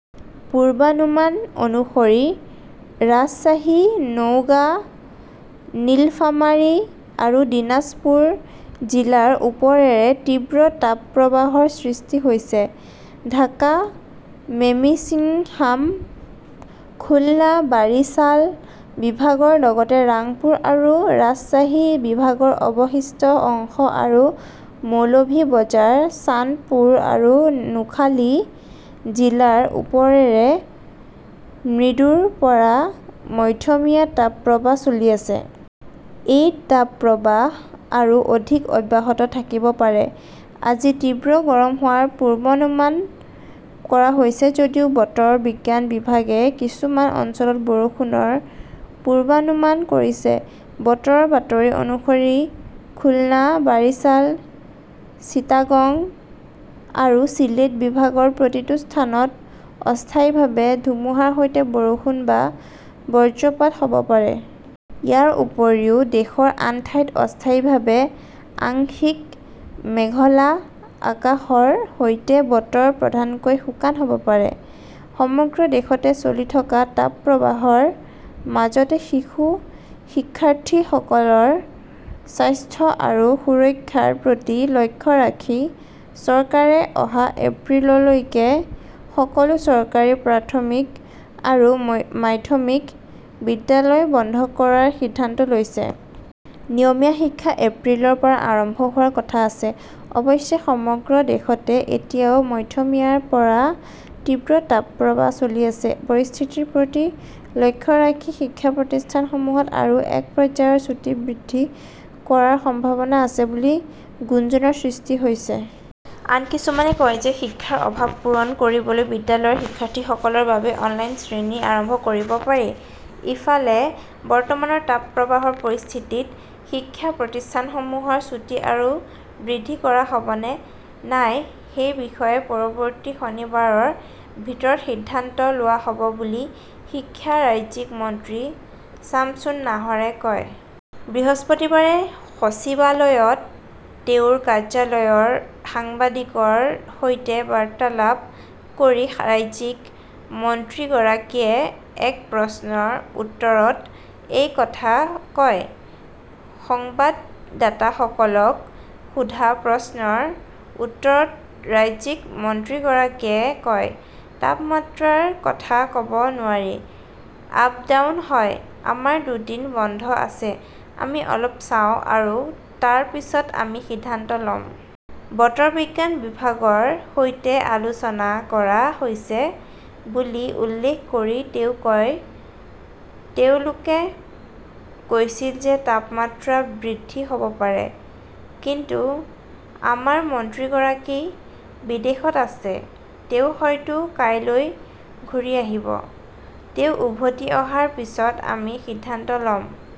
পূৰ্বানুমান অনুসৰি ৰাজশ্বাহী, নওগাঁ, নীলফামাৰী আৰু দিনাজপুৰ জিলাৰ ওপৰেৰে তীব্ৰ তাপপ্ৰৱাহৰ সৃষ্টি হৈছে। ঢাকা, মেমিন্সিংহাম, খুলনা, বাৰিছাল বিভাগৰ লগতে ৰাংপুৰ আৰু ৰাজশ্বাহী বিভাগৰ অৱশিষ্ট অংশ আৰু মৌলভি বজাৰ, চান্দপুৰ আৰু নোখালী জিলাৰ ওপৰেৰে মৃদুৰ পৰা মধ্যমীয়া তাপপ্ৰৱাহ চলি আছে। এই তাপপ্ৰৱাহ আৰু অধিক অব্যাহত থাকিব পাৰে। আজি তীব্ৰ গৰম হোৱাৰ পূৰ্বানুমান কৰা হৈছে যদিও বতৰ বিজ্ঞান বিভাগে কিছুমান অঞ্চলত বৰষুণৰ পূৰ্বানুমান কৰিছে। বতৰৰ বাতৰি অনুসৰি খুলনা, বাৰিছাল, চিটাগং আৰু চিলেট বিভাগৰ প্ৰতিটো স্থানত অস্থায়ীভাৱে ধুমুহাৰ সৈতে বৰষুণ বা বজ্ৰপাত হ 'ব পাৰে। ইয়াৰ উপৰিও, দেশৰ আন ঠাইত অস্থায়ীভাৱে আংশিক মেঘলা আকাশৰ সৈতে বতৰ প্ৰধানকৈ শুকান হ 'ব পাৰে। সমগ্ৰ দেশতে চলি থকা তাপপ্ৰৱাহৰ মাজতে শিশু শিক্ষাৰ্থীসকলৰ স্বাস্থ্য আৰু সুৰক্ষাৰ প্ৰতি লক্ষ্য ৰাখি চৰকাৰে অহা এপ্ৰিললৈকে সকলো চৰকাৰী প্ৰাথমিক আৰু মাধ্যমিক বিদ্যালয় বন্ধ কৰাৰ সিদ্ধান্ত লৈছে। নিয়মীয়া শিক্ষা এপ্ৰিলৰ পৰা আৰম্ভ হোৱাৰ কথা আছে। অৱশ্যে সমগ্ৰ দেশতে এতিয়াও মধ্যমীয়াৰ পৰা তীব্ৰ তাপপ্ৰৱাহ চলি আছে। পৰিস্থিতিৰ প্ৰতি লক্ষ্য ৰাখি শিক্ষা প্ৰতিষ্ঠানসমূহত আৰু এক পৰ্যায়ৰ ছুটী বৃদ্ধি কৰাৰ সম্ভাৱনা আছে বুলি গুঞ্জনৰ সৃষ্টি হৈছে। আন কিছুমানে কয় যে শিক্ষাৰ অভাৱ পূৰণ কৰিবলৈ বিদ্যালয়ৰ শিক্ষাৰ্থীসকলৰ বাবে অনলাইন শ্ৰেণী আৰম্ভ কৰিব পাৰি। ইফালে, বৰ্তমানৰ তাপপ্ৰৱাহৰ পৰিস্থিতিত শিক্ষা প্ৰতিষ্ঠানসমূহৰ ছুটী আৰু বৃদ্ধি কৰা হ'ব নে নাই সেই বিষয়ে পৰৱৰ্তী শনিবাৰৰ ভিতৰত সিদ্ধান্ত লোৱা হ'ব বুলি শিক্ষা ৰাজ্যিক মন্ত্ৰী চামসুন নাহৰে কয়। বৃহস্পতিবাৰে সচিবালয়ত তেওঁৰ কাৰ্যালয়ৰ সাংবাদিকৰ সৈতে বাৰ্তালাপ কৰি ৰাজ্যিক মন্ত্ৰীগৰাকীয়ে এক প্ৰশ্নৰ উত্তৰত এই কথা কয়। সংবাদদাতাসকলক সোধা প্ৰশ্নৰ উত্তৰত ৰাজ্যিক মন্ত্ৰীগৰাকীয়ে কয়, "তাপমাত্ৰাৰ কথা ক'ব নোৱাৰি, আপ-ডাউন হয়। আমাৰ দুদিন বন্ধ আছে, আমি অলপ চাও আৰু তাৰ পিছত আমি সিদ্ধান্ত ল'ম। "বতৰ বিজ্ঞান বিভাগৰ সৈতে আলোচনা কৰা হৈছে বুলি উল্লেখ কৰি তেওঁ কয়", তেওঁলোকে কৈছিল যে তাপমাত্ৰা বৃদ্ধি হ'ব পাৰে। কিন্তু আমাৰ মন্ত্ৰীগৰাকী বিদেশত আছে। তেওঁ হয়তো কাইলৈ ঘূৰি আহিব, তেওঁ উভতি অহাৰ পিছত আমি সিদ্ধান্ত লম।